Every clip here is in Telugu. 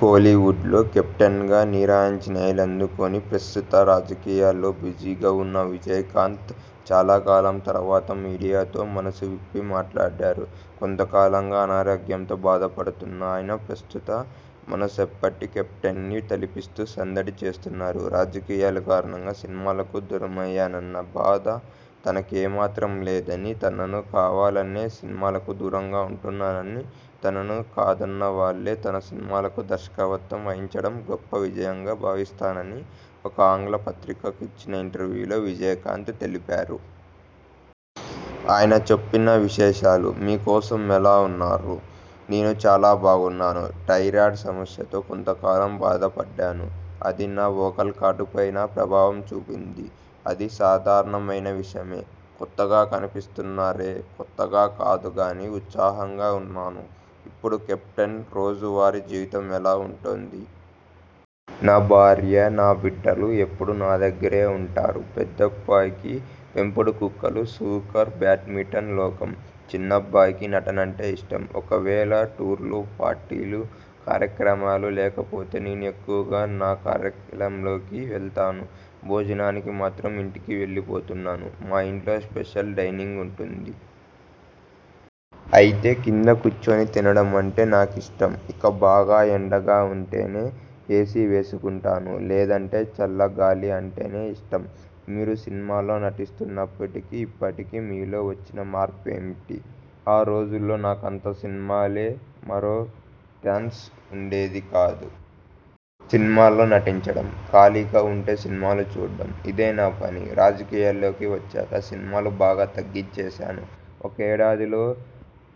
కోలీవుడ్లో కెప్టెన్గా నీరాజనాలందుకుని, ప్రస్తుతం రాజకీయాల్లో బిజీగా ఉన్న విజయకాంత్ చాలాకాలం తరువాత మీడియాతో మనసు విప్పి మాట్లాడారు. కొంతకాలంగా అనారోగ్యంతో బాధపడుతున్న ఆయన ప్రస్తుత మన్సేప్పటి కెప్టెన్ని తలపిస్తూ సందడి చేస్తున్నారు. రాజకీయాల కారణంగా సినిమాలకు దూరమయ్యానన్న బాధ తనకేమాత్రం లేదని, తనే కావాలని సినిమాలకు దూరంగా ఉంటున్నానని, తనను కాదన్నవాళ్ళే తన సినిమాలకు దర్శకత్వం వహించడం గొప్ప విజయంగా భావిస్తానని ఒక ఆంగ్ల పత్రికకి ఇచ్చిన ఇంటర్వ్యూలో విజయకాంత్ చెప్పారు. ఆయన చెప్పిన విశేషాలు మీ కోసం ఎలా ఉన్నారు నేను చాలా బాగున్నాను. థైరాయిడ్ సమస్యతో కొంతకాలం బాధపడ్డాను. అది నా వోకల్ కార్డ్ పైన ప్రభావం చూపింది. అది సాధారణమైన విషయమే. కొత్తగా కనిపిస్తున్నారే. కొత్తగా కాదుగానీ, ఉత్సాహంగా ఉన్నాను. ఇప్పుడు కెప్టెన్ రోజువారీ జీవితం ఎలా ఉంటోంది. నా భార్య, నా బిడ్డలు ఎప్పుడూ నా దగ్గరే ఉంటారు. పెద్దబ్బాయికి పెంపుడు కుక్కలు, స్నూకర్, బ్యాడ్మింటన్ లోకం. చిన్నబ్బాయికి నటన అంటే ఇష్టం. ఒకవేళ టూర్లు, పార్టీలు కార్యక్రమాలు లేకపోతే నేను ఎక్కువగా నా కార్యాలయానికి వెళ్తాను. భోజనానికి మాత్రం ఇంటికి వెళ్లిపోతున్నాను. మా ఇంట్లో స్పెషల్ డైనింగ్ ఉంది. అయితే కింద కూర్చుని తినడం అంటే నాకిష్టం. ఇక బాగా ఎండగా ఉంటేనే ఏసీ వేసుకుంటాను. లేదంటే చల్లగాలి అంటేనే ఇష్టం. మీరు సినిమాల్లో నటిస్తున్నప్పటికీ, ఇప్పటికీ మీలో వచ్చిన మార్పు ఏమిటి ఆ రోజుల్లో నాకు అంతా సినిమాలే. మరో చాన్స్ ఉండేది కాదు. సినిమాల్లో నటించడం, ఖాళీగా ఉంటే సినిమాలు చూడడం ఇదే నా పని. రాజకీయాల్లోకి వచ్చాక సినిమాలు బాగా తగ్గించేశాను. ఒకే ఏడాదిలో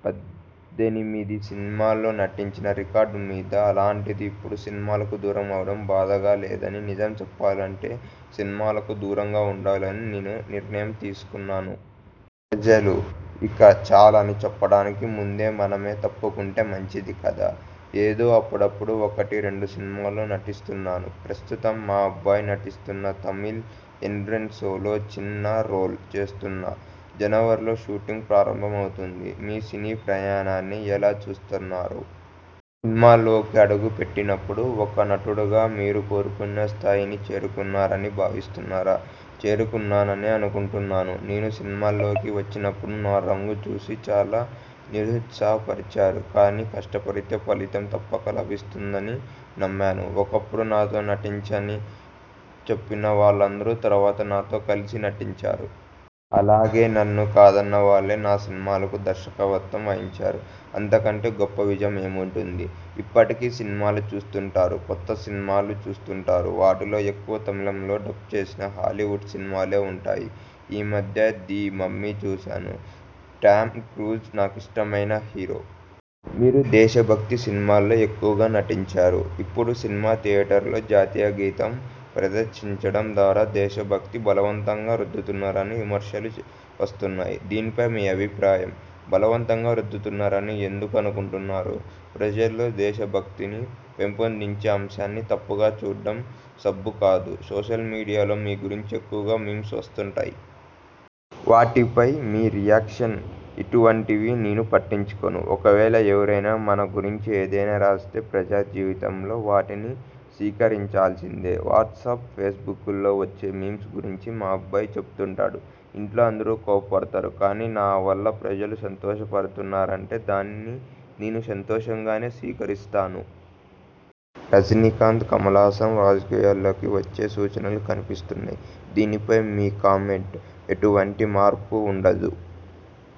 పద్దెనిమిది సినిమాల్లో నటించిన రికార్డు మీది. అలాంటిది ఇప్పుడు సినిమాలకు దూరమవ్వడం బాధగా లేదా నిజం చెప్పాలంటే సినిమాలకు దూరంగా ఉండాలని నేనే నిర్ణయం తీసుకున్నాను. ప్రజలు ఇక చాలు అని చెప్పడానికి ముందే మనమే తప్పుకుంటే మంచిది కదా. ఏదో అప్పుడప్పుడూ ఒకటి, రెండు సినిమాల్లో నటిస్తున్నాను. ప్రస్తుతం మా అబ్బాయి నటిస్తున్న 'తమిళ్ ఎండ్రో సొల్'లో చిన్న రోల్ చేస్తున్నా. జనవరిలో షూటింగ్ ప్రారంభమవుతుంది. మీ సినీప్రయాణాన్ని ఎలా చూస్తున్నారు. సినిమాల్లోకి అడుగుపెట్టినప్పుడు ఒక నటుడిగా మీరు కోరుకున్న స్థాయిని చేరుకున్నారని భావిస్తున్నారా చేరుకున్నాననే అనుకుంటున్నాను. నేను సినిమాల్లోకి వచ్చినప్పుడు నా రంగు చూసి చాలా నిరుత్సాహపరిచారు. కానీ, కష్టపడితే ఫలితం తప్పక లభిస్తుందని నమ్మాను. ఒకప్పుడు నాతో నటించని చెప్పిన వాళ్లందరూ తరువాత నాతో కలిసి నటించారు. అలాగే నన్ను కాదన్నవాళ్లే నా సినిమాలకు దర్శకత్వం వహించారు. అంతకంటే గొప్ప విజయం ఏముంటుంది ఇప్పటికి సినిమాలు చూస్తుంటారు కొత్త సినిమాలు చూస్తుంటారు. వాటిలో ఎక్కువ తమిళంలో డబ్ చేసిన హాలీవుడ్ సినిమాలే ఉంటాయి. ఈ మధ్య 'ది మమ్మీ' చూశాను. టామ్ క్రూజ్ నాకిష్టమైన హీరో. మీరు దేశభక్తి సినిమాల్లో ఎక్కువగా నటించారు. ఇప్పుడు సినిమా థియేటర్లలో జాతీయగీతం ప్రదర్శించడం ద్వారా దేశభక్తి బలవంతంగా రుద్దుతున్నారని విమర్శలు వస్తున్నాయి. దీనిపై మీ అభిప్రాయం బలవంతంగా రుద్దుతున్నారని ఎందుకు అనుకుంటున్నారు? ప్రజల్లో దేశభక్తిని పెంపొందించే అంశాన్ని తప్పుగా చూడడం సబబు కాదు. సోషల్ మీడియాలో మీ గురించి ఎక్కువగా మీమ్స్ వస్తుంటాయి. వాటిపై మీ రియాక్షన్ ఇటువంటివి నేను పట్టించుకోను. ఒకవేళ ఎవరైనా మన గురించి ఏదైనా రాస్తే ప్రజా జీవితంలో వాటిని స్వీకరించాల్సిందే. వాట్సాప్, ఫేస్బుక్లో వచ్చే మీమ్స్ గురించి మా అబ్బాయి చెబుతుంటాడు. ఇంట్లో అందరూ కోప్పడతారు. కానీ, నావల్ల ప్రజలు సంతోషపడుతున్నారంటే దానిని నేనూ సంతోషంగానే స్వీకరిస్తాను. రజనీకాంత్, కమల్హాసన్ రాజకీయాల్లోకి వచ్చే సూచనలు కన్పిస్తున్నాయి. దీనిపై మీ కామెంట్ఎటువంటి మార్పూ ఉండదు.